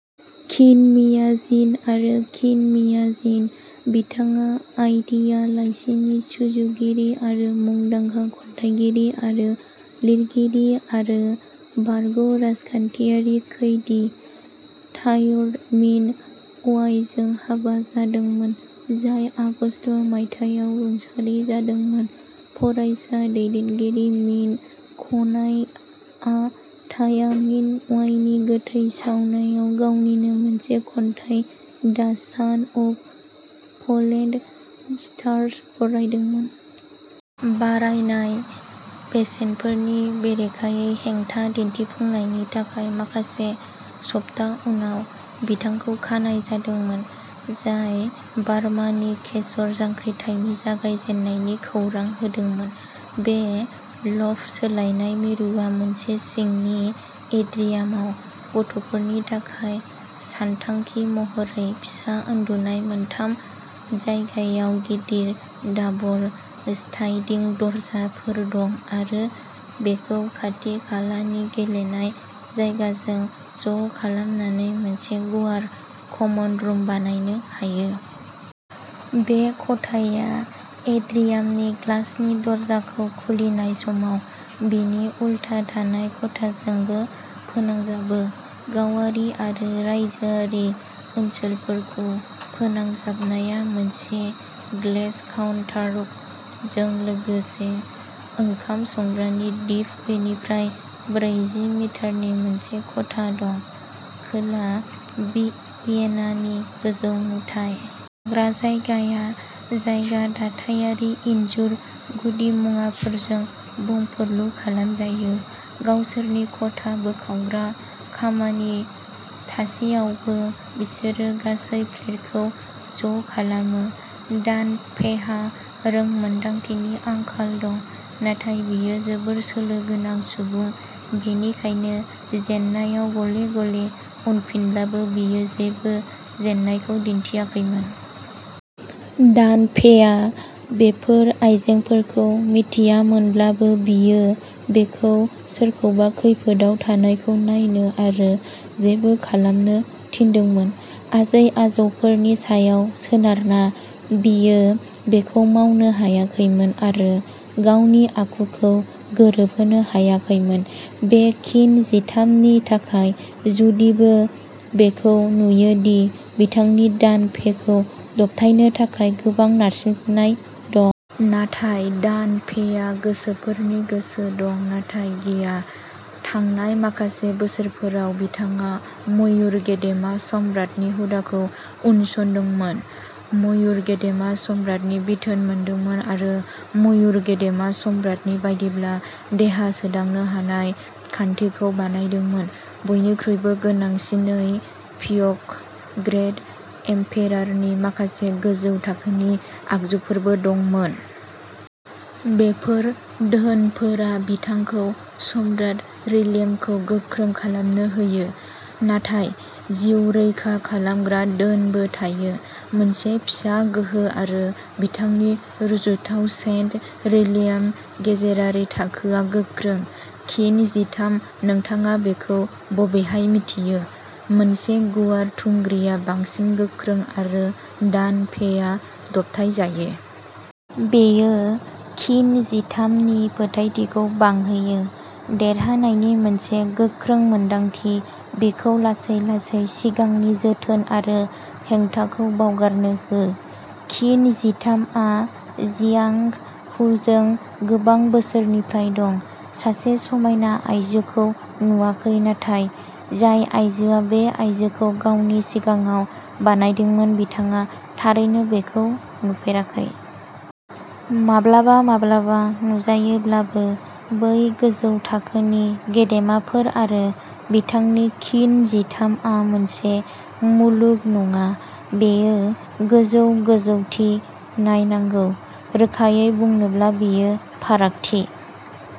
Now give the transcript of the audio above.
खिन मिया जिन आरो खिन मिया जिन। बिथाङा आइडिया लाइसिनि सुजुगिरि आरो मुंदांखा खन्थाइगिरि आरो लिरगिरि आरो बारग' राजखान्थियारि खैदी तायर मिन अवाइजों हाबा जादोंमोन, जाय आगस्त मायथाइयाव रुंसारि जादोंमोन। फरायसा दैदेनगिरि मिन क'नाइंआ ताया मिन वाइनि गोथै सावनायाव गावनिनो मोनसे खन्थाइ दा सान अफ फलेन स्टार्स फरायदोंमोन। बारायनाय बेसेनफोरनि बेरेखायै हेंथा दिन्थिफुंनायनि थाखाय माखासे सप्ता उनाव बिथांखौ खानाय जादोंमोन, जाय बार्मानि केसर जांख्रिथायनि जागायजेन्नायनि खौरां होदोंमोन। बे लफ्ट सोलायनाय मिरुआ मोनसे सिंनि एट्रियामाव। गथ'फोरनि थाखाय सानथांखि महरै फिसा उन्दुनाय मोनथाम जायगायाव गिदिर दाबल स्लाइडिं दरजाफोर दं आरो बेखौ खाथि-खालानि गेलेनाय जायगाजों ज'खालामनानै मोनसे गुवार कमन रुम बानायनो हायो। बे खथाया एट्रियामनि ग्लासनि दरजाखौ खुलिनाय समाव बिनि उल्था थानाय खथाजोंबो फोनांजाबो। गावारि आरो रायजोआरि ओनसोलफोरखौ फोनांजाबनाया मोनसे ग्लेज्ड काउन्टारटपजों लोगोसे ओंखाम संग्रानि दिप बेनिफ्राय ब्रैजि मिटारनि मोनसे खथा दं। खोला भियेनानि गोजौ नुथाय। थाग्रा जायगाया जायगा दाथायारि इनजुर गुदिमुवाफोरजों बुंफुरलु खालामजायो। गावसोरनि खथा बोखावग्रा खामानि थासेयावबो बिसोरो गासै फ्लेटखौ ज'खालामो। दान फेइहा रोंमोन्दांथिनि आंखाल दं, नाथाय बियो जोबोद सोलो गोनां सुबुं। बेनिखायनो, जेननायाव गले-गले उनफिनब्लाबो, बेयो जेबो जेननायखौ दिन्थियाखैमोन। दान फेइआ बेफोर आइजोफोरखौ मिथियामोनब्लाबो, बियो बिखौ सोरखौबा खैफोदआव थानायखौ नायनो आरो जेबो खालामनो थिनदोंमोन, आजै-आजौफोरनि सायाव सोनारना, बियो बेखौ मावनो हायाखैमोन आरो गावनि आखुखौ गोरोबहोनो हायाखैमोन। बे किन जिथाम नि थाखाय, जुदिबो बेखौ नुयो दि बिथांनि दान फेइखौ दबथायनो थाखाय गोबां नारसिननाय दं। नाथाय दान फेइहा गोसोफोरनि गोसो दं, नाथाय गिया। थांनाय माखासे बोसोरफोराव, बिथाङा मयुर गेदेमा सम्राटनि हुदाखौ उनसंदोंमोन, मयुर गेदेमा सम्राटनि बिथोन मोनदोंमोन, आरो मयुर गेदेमा सम्राटनि बायदिब्ला देहा सोदांनो हानाय खान्थिखौ बानायदोंमोन। बयनिख्रुइबो गोनांसिनै, पिअक'क ग्रेट एम्पेरारनि माखासे गोजौ थाखोनि आगजुफोरबो दंमोन। बेफोर धोनफोरा, बिथांखौ सम्राट रियेल्मखौ गोख्रों खालामनो होयो, नाथाय जिउ रैखा खालामग्रा धोनबो थायो, मोनसे फिसा गोहो आरो बिथांनि रुजुथाव सेन्ट रियेल्म गेजेरारि थाखोआ गोख्रों। किन जिथाम, नोंथाङा बेखौ बबेहाय मिन्थियो? मोनसे गुवार थुंग्रिआ बांसिन गोख्रों आरो दान फेइआ दबथायजायो। बेयो किन जिथाम नि फोथायथिखौ बांहोयो, देरहानायनि मोनसे गोख्रों मोनदांथि, बिखौ लासै-लासै सिगांनि जोथोन आरो हेंथाखौ बावगारनो हो। किन जिथाम आ जियांग हुजों गोबां बोसोरनिफ्राय दं, सासे समायना आयजोखौ नुवाखै। नाथाय जाय आइजोआ बे आयजोखौ गावनि सिगाङाव बानायदोंमोन, बिथाङा थारैनो बेखौ नुफेराखै। माब्लाबा-माब्लाबा नुजायोब्लाबो, बै गोजौ थाखोनि गेदेमाफोर आरो बिथांनि किन जिथाम आ मोनसे मुलुग नङा बेयो गोजौ, गोजौथिं नायनांगौ। रोखायै बुंनोब्ला, बेनो फारागथि।